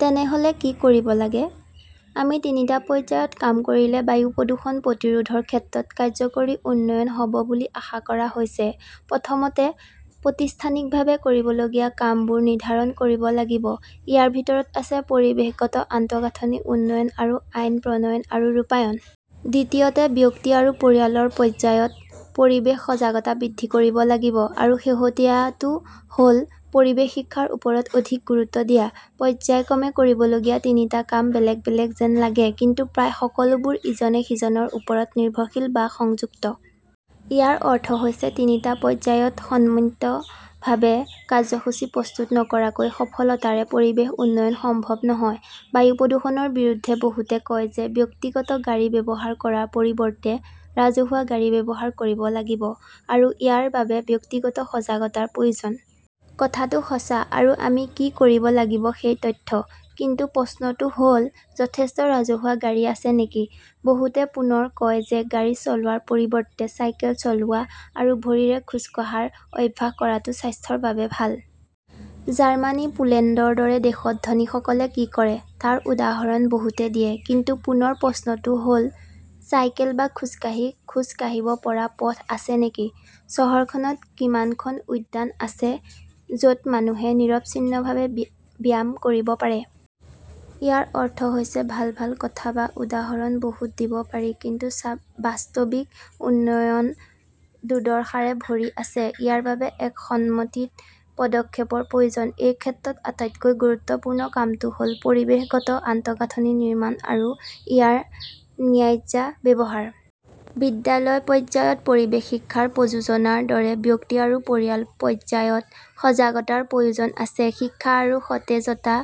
তেনেহলে কি কৰিব লাগে? আমি তিনিটা পৰ্যায়ত কাম কৰিলে বায়ু প্ৰদূষণ প্ৰতিৰোধৰ ক্ষেত্ৰত কাৰ্যকৰী উন্নয়ন হ 'ব বুলি আশা কৰা হৈছে। প্ৰথমতে, প্ৰতিষ্ঠানিকভাৱে কৰিবলগীয়া কামবোৰ নিৰ্ধাৰণ কৰিব লাগিব। ইয়াৰ ভিতৰত আছে পৰিৱেশগত আন্তঃগাঁথনি উন্নয়ন আৰু আইন প্ৰণয়ন আৰু ৰূপায়ণ। দ্বিতীয়তে, ব্যক্তি আৰু পৰিয়ালৰ পৰ্যায়ত পৰিৱেশ সজাগতা বৃদ্ধি কৰিব লাগিব। আৰু শেহতীয়াটো হ’ল, পৰিৱেশ শিক্ষাৰ ওপৰত অধিক গুৰুত্ব দিয়া। পৰ্য্যায়ক্ৰমে কৰিবলগীয়া তিনিটা কাম বেলেগ বেলেগ যেন লাগে, কিন্তু প্ৰায় সকলোবোৰ ইজনে সিজনৰ ওপৰত নিৰ্ভৰশীল বা সংযুক্ত। ইয়াৰ অৰ্থ হৈছে তিনিটা পৰ্যায়ত সমন্বিতভাৱে কাৰ্যসূচী প্ৰস্তুত নকৰাকৈ সফলতাৰে পৰিৱেশ উন্নয়ন সম্ভৱ নহয়। বায়ু প্ৰদূষণৰ বিৰুদ্ধে বহুতে কয় যে ব্যক্তিগত গাড়ী ব্যৱহাৰ কৰাৰ পৰিৱৰ্তে ৰাজহুৱা গাড়ী ব্যৱহাৰ কৰিব লাগিব, আৰু ইয়াৰ বাবে ব্যক্তিগত সজাগতাৰ প্ৰয়োজন। কথাটো সঁচা আৰু আমি কি কৰিব লাগিব সেই তথ্য। কিন্তু প্ৰশ্নটো হ’ল, যথেষ্ট ৰাজহুৱা গাড়ী আছে নেকি? বহুতে পুনৰ কয় যে গাড়ী চলোৱাৰ পৰিৱৰ্তে চাইকেল চলোৱা আৰু ভৰিৰে খোজ কাঢ়াৰ অভ্যাস কৰাটো স্বাস্থ্যৰ বাবে ভাল। জাৰ্মানী পোলেণ্ডৰ দৰে দেশত ধনীসকলে কি কৰে তাৰ উদাহৰণ বহুতে দিয়ে। কিন্তু পুনৰ প্ৰশ্নটো হ’ল, চাইকেল বা খোজকাঢ়ি খোজ কাঢ়িব পৰা পথ আছে নেকি? চহৰখনত কিমানখন উদ্যান আছে য 'ত মানুহে নিৰবিচ্ছিন্নভাৱে ব্যায়াম কৰিব পাৰে? ইয়াৰ অৰ্থ হৈছে ভাল ভাল কথা বা উদাহৰণ বহুত দিব পাৰি, কিন্তু বাস্তৱিক উন্নয়ন দুৰ্দশাৰে ভৰি আছে। ইয়াৰ বাবে এক সমন্বিত পদক্ষেপৰ প্ৰয়োজন। এই ক্ষেত্ৰত আটাইতকৈ গুৰুত্বপূৰ্ণ কামটো হ’ল পৰিৱেশগত আন্তঃগাঁথনি নিৰ্মাণ আৰু ইয়াৰ ন্যায্য ব্যৱহাৰ। বিদ্যালয় পৰ্যায়ত পৰিৱেশ শিক্ষাৰ প্ৰযোজনাৰ দৰে ব্যক্তি আৰু পৰিয়াল পৰ্যায়ত সজাগতাৰ প্ৰয়োজন আছে। শিক্ষা আৰু সতেজতা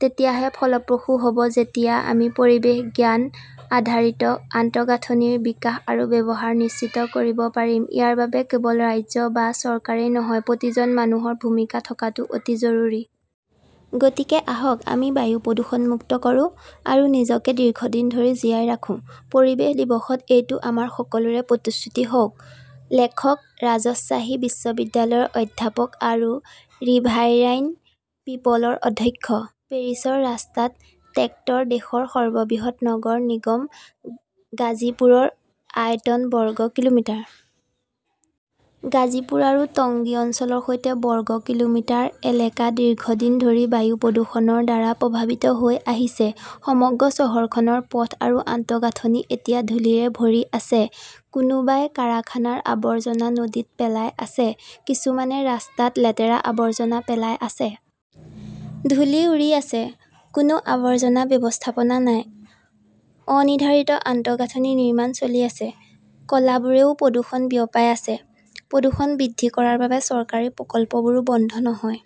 তেতিয়াহে ফলপ্ৰসূ হ’ব যেতিয়া আমি পৰিৱেশ-জ্ঞান-আধাৰিত আন্তঃগাঁথনিৰ বিকাশ আৰু ব্যৱহাৰ নিশ্চিত কৰিব পাৰিম। ইয়াৰ বাবে কেৱল ৰাজ্য বা চৰকাৰেই নহয়, প্ৰতিজন মানুহৰ ভূমিকা থকাটো অতি জৰুৰী। গতিকে আহক আমি বায়ু প্ৰদূষণমুক্ত কৰোঁ, আৰু নিজকে দীৰ্ঘদিন ধৰি জীয়াই ৰাখোঁ। পৰিৱেশ দিৱসত এইটো আমাৰ সকলোৰে প্ৰতিশ্ৰুতি হওক। লেখকঃ ৰাজশ্বাহী বিশ্ববিদ্যালয়ৰ অধ্যাপক আৰু ৰিভাৰাইন পিপলৰ অধ্যক্ষ। পেৰিছৰ ৰাস্তাত ট্ৰেক্টৰ দেশৰ সৰ্ববৃহৎ নগৰ নিগম গাজীপুৰৰ আয়তন বৰ্গ কিলোমিটাৰ। গাজীপুৰ আৰু টংগী অঞ্চলৰ সৈতে বৰ্গ কিলোমিটাৰ এলেকা দীৰ্ঘদিন ধৰি বায়ু প্ৰদূষণৰ দ্বাৰা প্ৰভাৱিত হৈ আহিছে। সমগ্ৰ চহৰখনৰ পথ আৰু আন্তঃগাঁথনি এতিয়া ধূলিৰে ভৰি আছে। কোনোবাই কাৰখানাৰ আৱৰ্জনা নদীত পেলাই আছে, কিছুমানে ৰাস্তাত লেতেৰা আৱৰ্জনা পেলাই আছে। ধূলি উৰি আছে। কোনো আৱৰ্জনা ব্যৱস্থাপনা নাই। অনিৰ্ধাৰিত আন্তঃগাঁথনি নিৰ্মাণ চলি আছে। কলাবোৰেও প্ৰদূষণ বিয়পাই আছে। প্ৰদূষণ বৃদ্ধি কৰাৰ বাবে চৰকাৰী প্ৰকল্পবোৰো বন্ধ নহয়।